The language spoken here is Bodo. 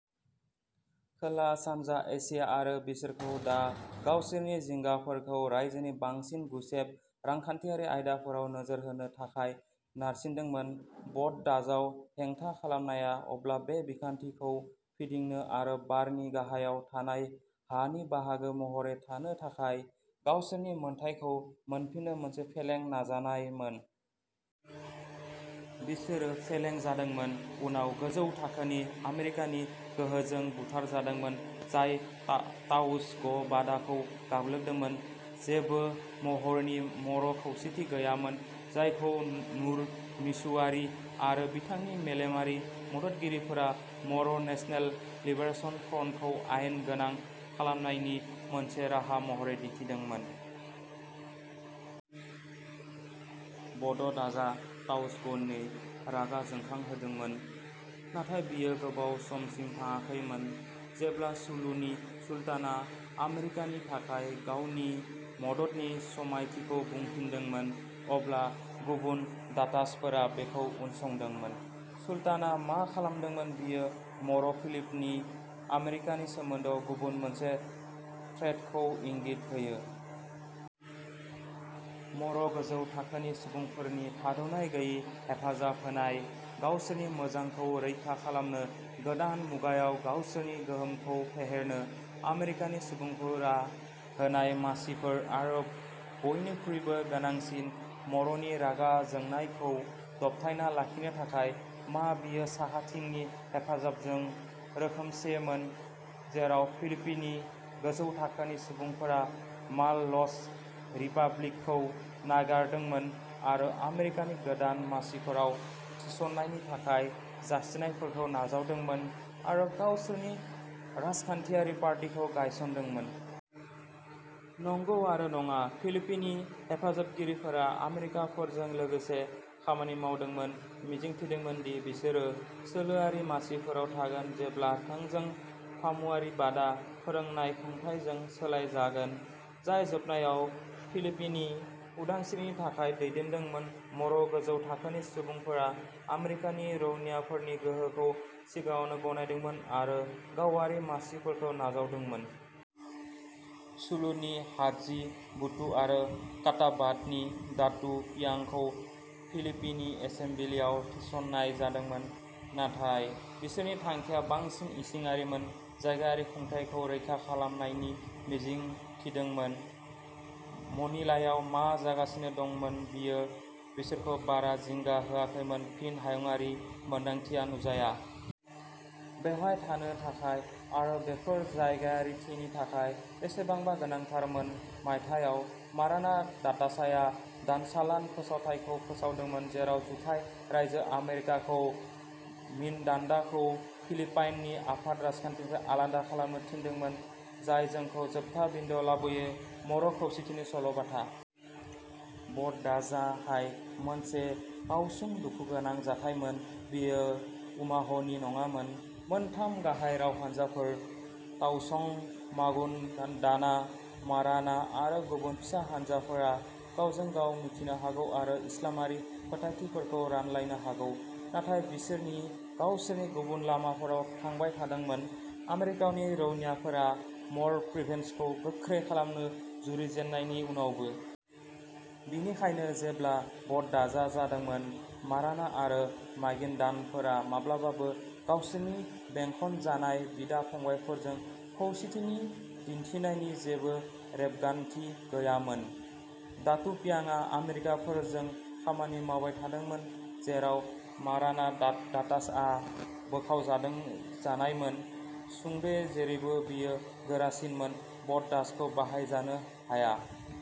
खोला-सानजा एसिया आरो बिसोरखौ दा गावसोरनि जिंगाफोरखौ रायजोनि बांसिन गुसेब रांखान्थियारि आयदाफोराव नोजोर होनो थाखाय नारसिनदोंमोन। बड दाज'आव हेंथा खालामनाया अब्ला बे बिखान्थिखौ फिदिंनो आरो बारनि गाहायाव थानाय हा नि बाहागो महरै थानो थाखाय गावसोरनि मोनथायखौ मोनफिननो मोनसे फेलें नाजानायमोन। बिसोरो फेलें जादोंमोन, उनाव गोजौ थाखोनि आमेरिकानि गोहोजों बुथारजादोंमोन, जाय आ ताउस'ग बादाखौ गाग्लोबदोंमोन। जेबो महरनि मर' खौसेथि गैयामोन जायखौ नुर मिसुवारी आरो बिथांनि मेलेमारि मददगिरिफोरा मर' नेशनेल लिबारेशन फ्रन्टखौ आयेन गोनां खालामनायनि मोनसे राहा महरै दिन्थिदोंमोन। बड दाज'आ ताउस' गनि रागा जोंखांहोदोंमोन, नाथाय बेयो गोबाव समसिम थाङाखैमोन। जेब्ला सुलुनि सुल्तानआ आमेरिकानि थाखाय गावनि मददनि समायथिखौ बुंफिनदोंमोन, अब्ला गुबुन दातासफोरा बेखौ उनसंदोंमोन। सुल्तानआ मा खालामदोंमोन बेयो मर' फिलिपिन' आमेरिकानि सोमोन्दोआव गुबुन मोनसे थ्रेडखौ इंगित होयो। मर' गोजौ थाखोनि सुबुंफोरनि थाद' गैयै हेफाजाब होनाय, गावसोरनि मोजांखौ रैखा खालामनो, गोदान मुगायाव गावसोरनि गोहोमखौ फेहेरनो। आमेरिकानि सुबुंफोरा होनाय मासिफोर, आरो, बयनिख्रुइबो गोनांसिन, मर'नि रागा जोंनायखौ दबथायना लाखिनो थाखाय। मा बेयो साहाथिंनि हेफाजाबजों रोखोमसेमोन, जेराव फिलिपिन'नि गोजौ थाखोनि सुबुंफोरा माल' ल'स रिपाब्लिकखौ नागारदोंमोन आरो आमेरिकानि गोदान मासिफोराव थिसननायनि थाखाय जासिनायफोरखौ नाजावदोंमोन, आरो गावसोरनि राजखान्थियारि पार्टीखौ गायसनदोंमोन। नंगौ आरो नङा। फिलिपिन'नि हेफाजाबगिरिफोरा आमेरिकानफोरजों लोगोसे खामानि मावदोंमोन मिजिं थिदोंमोन दि बिसोरो सोलोआरि मासिफोराव थागोन जेब्ला थोंजों फामुवारिबादआ फोरोंनाय खुंथायजों सोलायजागोन, जाय जोबनायाव फिलिपिन'नि उदांस्रिनि थाखाय दैदेनदोंमोन। मर' गोजौ थाखोनि सुबुंफोरा आमेरिकानि रौनियाफोरनि गोहोखौ सिगाङावनो गनायदोंमोन, आरो गावारि मासिफोरखौ नाजावदोंमोन। सुलुनि हादजी बुटु आरो कटाबात'नि दातू पियांगखौ फिलिपिन एसेमब्लिआव थिस'न्नाय जादोंमोन। नाथाय बिसोरनि थांखिया बांसिन इसिङारिमोन, जायगायारि खुंथायखौ रैखा खालामनो मिजिं थिदोंमोन। मनिलायाव मा जागासिनो दंमोन बेयो बिसोरखौ बारा जिंगा होआखैमोन। फिन, हायुंआरि मोन्दांथिया नुजाया। बेवहाय थानो थाखाय। आरो बेफोर जायगायारिथिनि थाखाय बेसेबां गोनांथारमोन मायथाइयाव, माराना दातासआ दानसालान फोसावथायखौ फोसावदोंमोन, जेराव जुथाइ रायजो आमेरिकाखौ मिन्दानाखौ फिलिपाइननि आफाद राजखान्थिनिफ्राय आलादा खालामनो थिनदोंमोन। जाय जोंखौ जोबथा बिन्दोआव लाबोयो। मर' खौसेथिनि सल'बाथा। बड दाज'आ हाय मोनसे ताउसुग दुखुगोनां जाथायमोन। बेयो उम्माहनि नङामोन, मोनथाम गाहाय राव हानजाफोर-ताउस'ग, मागुइन्दाना, माराना आरो गुबुन फिसा हानजाफोरा गावजों-गाव मिन्थिनो हागौ आरो इस्लामारि फोथायथिफोरखौ रानलायनो हागौ, नाथाय बिसोरो गावसोरनि गुबुन लामाफोराव थांबाय थादोंमोन, आमेरिकानि रौनियाफोरा मर'प्रभिन्सखौ गोख्रों खालामनो जुरिजेननायनि उनावबो। बेनिखायनो जेब्ला बड दाज'आ जादोंमोन माराना आरो मागिनदान'फोरा माब्लाबाबो गावसोरनि बेंखनजानाय बिदा-फंबायफोरजों खौसेथि दिन्थिनायनि जेबो रेबगान्थि गैयामोन। दातू पियांगआ आमेरिकानफोरजों खामानि मावबाय थादोंमोन, जेराव माराना दा-दातासआ बोखावजादों जानायमोन। सुंद'यै जेरैबो बेयो गोरासिनमोन, बड दाज'खौ बाहायजानो हाया।